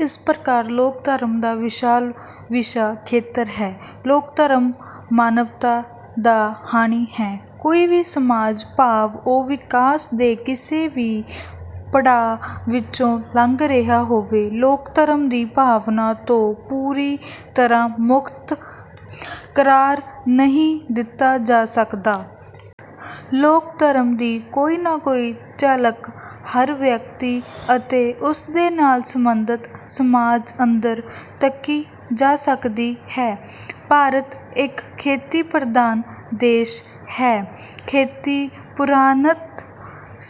ਇਸ ਪ੍ਰਕਾਰ ਲੋਕ ਧਰਮ ਦਾ ਵਿਸ਼ਾਲ ਵਿਸ਼ਾ ਖੇਤਰ ਹੈ। ਲੋਕ ਧਰਮ ਮਾਨਵਤਾ ਦਾ ਹਾਣੀ ਹੈ। ਕੋਈ ਵੀ ਸਮਾਜ ਭਾਵ ਉਹ ਵਿਕਾਸ ਦੇ ਕਿਸੇ ਵੀ ਪੜਾਅ ਵਿੱਚੋਂ ਲੰਘ ਰਿਹਾ ਹੋਵੇ ਲੋਕ ਧਰਮ ਦੀ ਭਾਵਨਾ ਤੋਂ ਪੂਰੀ ਤਰ੍ਹਾਂ ਮੁਕਤ ਕਰਾਰ ਨਹੀਂ ਦਿੱਤਾ ਜਾ ਸਕਦਾ। ਲੋਕ ਧਰਮ ਦੀ ਕੋਈ ਨਾ ਕੋਈ ਝਲਕ ਹਰ ਵਿਅਕਤੀ ਅਤੇ ਉਸ ਨਾਲ ਸੰਬੰਧਤ ਸਮਾਜ ਅੰਦਰ ਤੱਕੀ ਜਾ ਸਕਦੀ ਹੈ। ਭਾਰਤ ਇੱਕ ਖੇਤੀ ਪ੍ਰਧਾਨ ਦੇਸ਼ ਹੈ। ਖੇਤੀ ਪੁਰਾਤਨ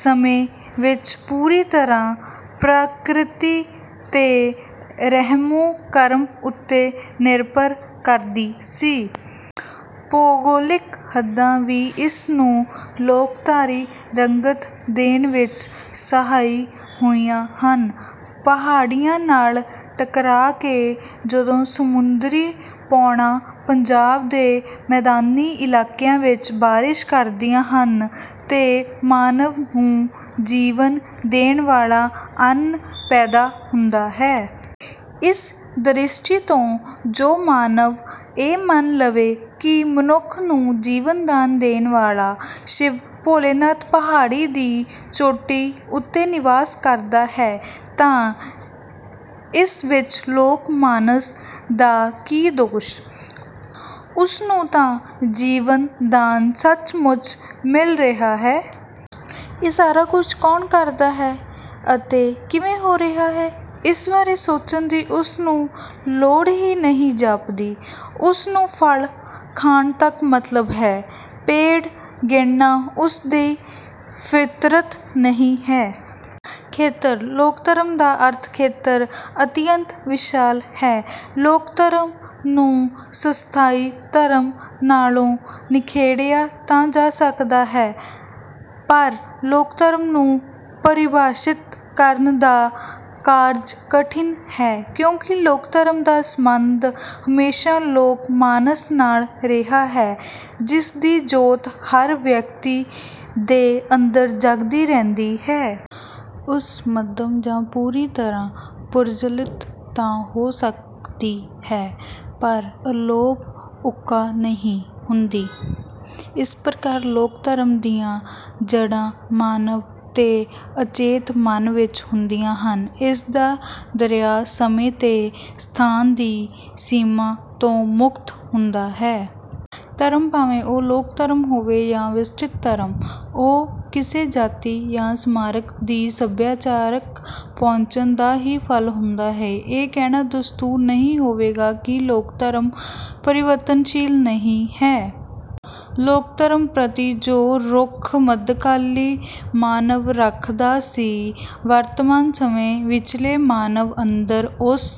ਸਮੇਂ ਵਿੱਚ ਪੂਰੀ ਤਰ੍ਹਾਂ ਪ੍ਰਕਿਰਤੀ ਦੇ ਰਹਿਮੋ ਕਰਮ ਉੱਤੇ ਨਿਰਭਰ ਕਰਦੀ ਸੀ। ਭੂਗੋਲਿਕ ਹੱਦਾਂ ਵੀ ਇਸ ਨੂੰ ਲੋਕਧਾਰਾਈ ਰੰਗਤ ਦੇਣ ਵਿੱਚ ਸਹਾਈ ਹੋਈਆਂ ਹਨ। ਪਹਾੜੀਆਂ ਨਾਲ ਟਕਰਾ ਕੇ ਜਦੋਂ ਸਮੁੰਦਰੀ ਪੌਣਾਂ ਪੰਜਾਬ ਦੇ ਮੈਦਾਨੀ ਇਲਾਕੇ ਵਿੱਚ ਬਾਰਿਸ਼ ਕਰਦੀਆਂ ਹਨ ਤਾਂ ਮਾਨਵ ਨੂੰ ਜੀਵਨ ਦੇਣ ਵਾਲਾ ਅੰਨ ਪੈਦਾ ਹੁੰਦਾ ਹੈ। ਇਸ ਦ੍ਰਿਸ਼ਟੀ ਤੋਂ ਜੇ ਮਾਨਵ ਇਹ ਮੰਨ ਲਵੇ ਕਿ ਮਨੁੱਖ ਨੂੰ ਜੀਵਨ ਦਾਨ ਦੇਣ ਵਾਲਾ ਸ਼ਿਵ ਭੋਲੇਨਾਥ ਪਹਾੜੀ ਦੀ ਚੋਟੀ ਉਤੇ ਨਿਵਾਸ ਕਰਦਾ ਹੈ ਤਾਂ ਇਸ ਵਿੱਚ ਲੋਕ ਮਾਨਸ ਦਾ ਕੀ ਦੋਸ਼। ਉਸ ਨੂੰ ਤਾਂ ਜੀਵਨ ਦਾਨ ਸਚਮੁੱਚ ਮਿਲ ਰਿਹਾ ਹੈ। ਇਹ ਸਾਰਾ ਕੁੱਝ ਕੌਣ ਕਰਦਾ ਹੈ ਅਤੇ ਕਿਵੇਂ ਹੋ ਰਿਹਾ ਹੈ। ਇਸ ਬਾਰੇ ਸੋਚਣ ਦੀ ਉਸ ਨੂੰ ਲੋੜ ਹੀ ਨਹੀਂ ਜਾਪਦੀ। ਉਸ ਨੂੰ ਫਲ ਖਾਣ ਤੱਕ ਮਤਲਬ ਹੈ ਪੇੜ ਗਿਣਨਾ ਉਸ ਦੀ ਫਿਤਰਤ ਨਹੀਂ ਹੈ। ਖੇਤਰ। ਲੋਕ ਧਰਮ ਦਾ ਅਰਥ ਖੇਤਰ ਅਤਿਅੰਤ ਵਿਸ਼ਾਲ ਹੈ। ਲੋਕ ਧਰਮ ਨੂੰ ਸੰਸਥਾਈ ਧਰਮ ਨਾਲੋਂ ਨਿਖੇੜਿਆ ਤਾਂ ਜਾ ਸਕਦਾ ਹੈ ਪਰ ਲੋਕ ਧਰਮ ਨੂੰ ਪਰਿਭਾਸ਼ਿਤ ਕਰਨ ਦਾ ਕਾਰਜ ਕਠਿਨ ਹੈ। ਕਿਉਂਕਿ ਲੋਕ ਧਰਮ ਦਾ ਸਬੰਧ ਹਮੇਸ਼ਾ ਲੋਕ ਮਾਨਸ ਨਾਲ ਰਿਹਾ ਹੈ ਜਿਸ ਦੀ ਜੋਤ ਹਰ ਇੱਕ ਵਿਅਕਤੀ ਦੇ ਅੰਦਰ ਜਗਦੀ ਰਹਿੰਦੀ ਹੈ। ਉਸ ਮੱਧਮ ਜਾਂ ਪੂਰੀ ਤਰ੍ਹਾਂ ਪ੍ਰਜੁਲਿਤ ਤਾਂ ਹੋ ਸਕਦੀ ਹੈ ਪਰ ਅਲੋਪ ਉੱਕਾ ਨਹੀਂ ਹੁੰਦੀ। ਇਸ ਪ੍ਰਕਾਰ ਲੋਕ ਧਰਮ ਦੀਆਂ ਜੜ੍ਹਾਂ ਮਾਨਵ ਦੇ ਅਚੇਤ ਮਨ ਵਿੱਚ ਹੁੰਦੀਆਂ ਹਨ। ਇਸਦਾ ਦ ਦਰਿਆ ਸਮੇਂ ਅਤੇ ਸਥਾਨ ਦੀ ਸੀਮਾ ਤੋਂ ਮੁਕਤ ਹੁੰਦਾ ਹੈ। ਧਰਮ ਭਾਵੇਂ ਉਹ ਲੋਕ ਧਰਮ ਹੋਵੇ ਜਾਂ ਵਿਸ਼ਿਸ਼ਟ ਧਰਮ ਉਹ ਕਿਸੇ ਜਾਤੀ ਜਾਂ ਸਮਾਜ ਦੀ ਸਭਿਆਚਾਰਕ ਪਹੁੰਚ ਦਾ ਹੀ ਫਲ ਹੁੰਦਾ ਹੈ। ਇਹ ਕਹਿਣਾ ਦਰੁਸਤ ਨਹੀਂ ਹੋਵੇਗਾ ਕਿ ਲੋਕ ਧਰਮ ਪਰਿਵਰਤਨਸ਼ੀਲ ਨਹੀਂ ਹੈ। ਲੋਕ ਧਰਮ ਪ੍ਰਤੀ ਜੋ ਰੁਖ ਮੱਧਕਾਲੀ ਮਾਨਵ ਰੱਖਦਾ ਸੀ ਵਰਤਮਾਨ ਸਮੇਂ ਵਿੱਚਲੇ ਮਾਨਵ ਅੰਦਰ ਉਸ